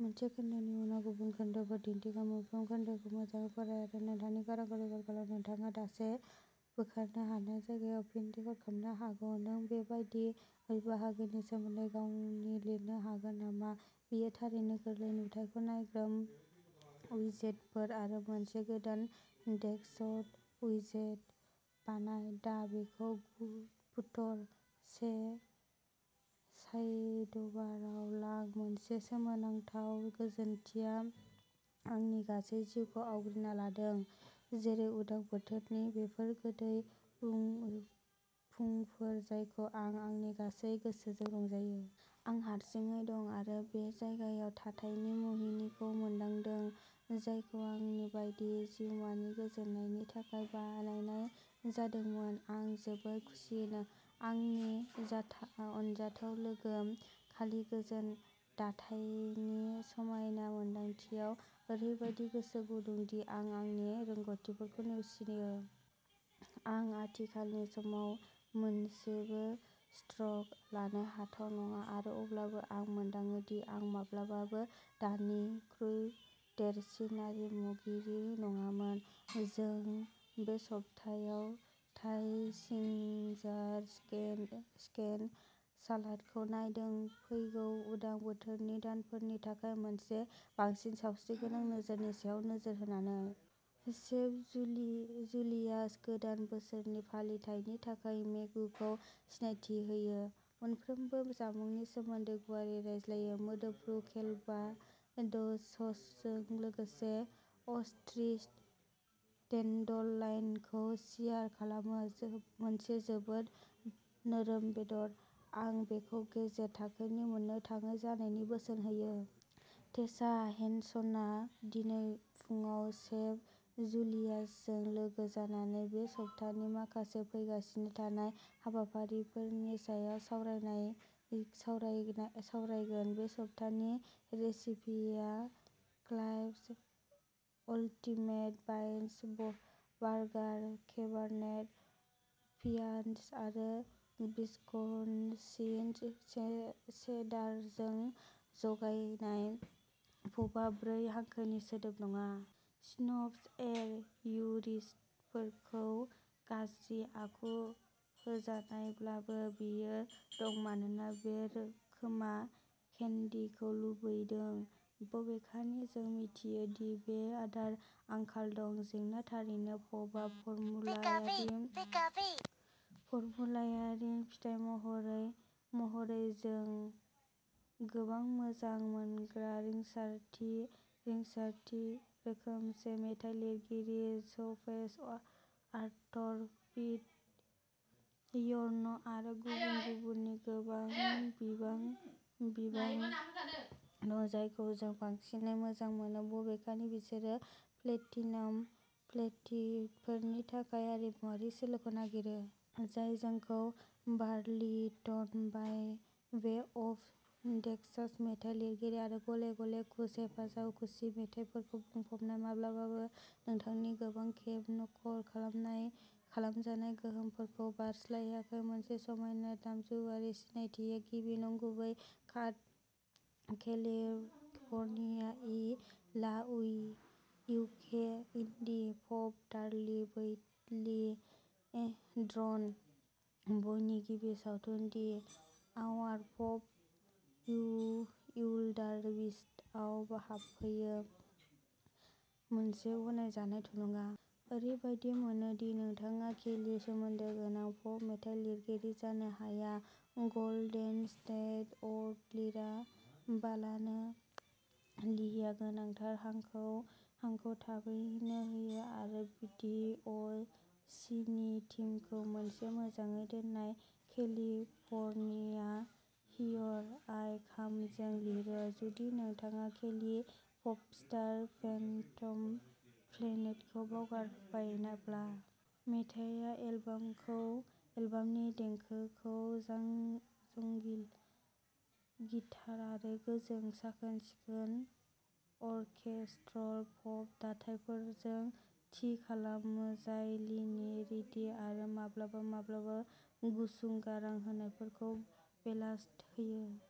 नों बे बायदि बाहागोनि सोमोन्दै गावनि लिरनो हागोन नामा? बेयो थारैनो गोरलै। नुथाइखौ नायग्रोम उइजेतफोर आरो मोनसे गोदान टेक्सट उइजेट बानाय। दा बेखौ फुटर से साइडबारआव लां। मोनसे सोमोनांथाव गोजोनथिया आंनि गासै जिउखौ आवग्रिना लादों, जेरै उदां बोथोरनि बेफोर गोदै फुंफोर जायखौ आं आंनि गासै गोसोजों रंजायो। आं हारसिङै दं, आरो बे जायगायाव थाथायनि मुहिनिखौ मोनदांदों, जायखौ आंनि बायदि जिउमानि गोजोननायनि थाखाय बानायनाय जादोंमोन। आं जोबोद खुसि, आंनि अनजाथाव लोगो, खालि गोजोन थाथायनि समायना मोनदांथियाव ओरैबादि गोसो गुदुं, दि आं आंनि रोंग'थिफोरखौ नेवसियो। आं आथिखालनि समाव मोनसेबो स्ट्र'क लानो हाथाव नङा; आरो अब्लाबो आं मोनदाङो दि आं माब्लाबाबो दानिख्रुइ देरसिन आरिमुगिरि नङामोन। जों बे सप्तायाव थाइ जिंजार चिकेन सालादखौ नायदों, फैगौ उदां बोथोरनि दानफोरनि थाखाय मोनसे बांसिन सावस्रिगोनां नोजोरनि सायाव नोजोर होनानै। Chef Julius. गोदान बोसोरनि फालिथायनि थाखाय मेनुखौ सिनायथि होयो, मोनफ्रोमबो जामुंनि सोमोन्दै गुवारै रायज्लायो। मोदोमफ्रु केलभाडोस ससजों लोगोसे अस्ट्रिच टेन्डरलइनखौ सियार खालामो। मोनसे जोबोद नोरोम बेदर, आं बेखौ गेजेर थाखोनि मोननो थाङै जानायनि बोसोन होयो। टेसा हेनसनआ दिनै फुंआव शेफ जुलियासजों लोगो जानानै बे सप्तानि माखासे फैगासिनो थानाय हाबाफारिफोरनि सायाव सावरायगोन। बे सप्तानि रेसिपिया quail. Ultimate bison burger! Cabernet पियान्स आरो विस्कन्सिन चेडारजों जगायनाय। पपआ ब्रै हांखोनि सोदोब नङा। स्नब्स, एर, प्युरिस्टफोरजों गाज्रि आखु होजानायब्लाबो, बेयो दं मानोना जों खोमा केन्डीखौ लुबैदों, बबेखानि जों मिथियो दि बेयाव आदारनि आंखाल दं। जेंना, थारैनो, पपआ फर्मुलायारि। फिथाय महरै जों गोबां मोजां मोनग्रा रिंसारथि रोखोमसे मेथाइ लिरगिरिफोर ज'सेफ आर्थर, पीट यर्न, आरो गुबुन गुबुननि गोबां बिबां दं, जायखौ जों बांसिनै मोजां मोनो, बबेखानि बिसोरो प्लेटिनम प्लेटिट्युडफोरनि थाखाय आरिमुआरि सोलोखौ नागारो। जाय जोंखौ Burlington by way of Texas मेथाइ लिरगिरि आरो गले गले कुश हेफाजाब हुकि मिथाइफोरजों बुंफबनाय, माब्लाबाबो बिथांनि गोबां खेब नखल खालामजानाय गोहोमफोरखौ बारस्लायाखै। मोनसे समायना दामजुआरि सिनायथिआ गिबि नंगुबै काट, केलिफर्निया ए ला इउके indie pop darling badly drawn बयनि गिबि सावथुन, दि आवार अफ बिउइल्डारबिस्टआव हाबहैयो, मोनसे गनायजानाय थुलुंगा। ओरैबायदि मोनो दि नोंथाङा केलि सोमोन्दो गोनां पप मेथाइ लिरगिरि जानो हाया गल्डेन स्टेट अ'ड लिरालाबानो। लिआ गोनांथार हांखौ थाबैनो होयो आरो दि अ सिनि थीमखौ मोनसे मोजाङै दोननाय केलिफर्निया, हियर आइ कामजों लिरो जुदि नोंथाङा केलि प'पस्टार फेन्टम प्लेनेटखौ बावगारबायब्ला। मेथाइया एलबामनि देंखोखौ जांगलि गिटार आरो गोजों, साखोन सिखोन अर्केस्ट्रल पप दाथायफोरजों थि खालामो जाय लीनि रिडी आरो माब्लाबा माब्लाबा गुसुं गारां होनायफोरखौ बेलास्ट होयो।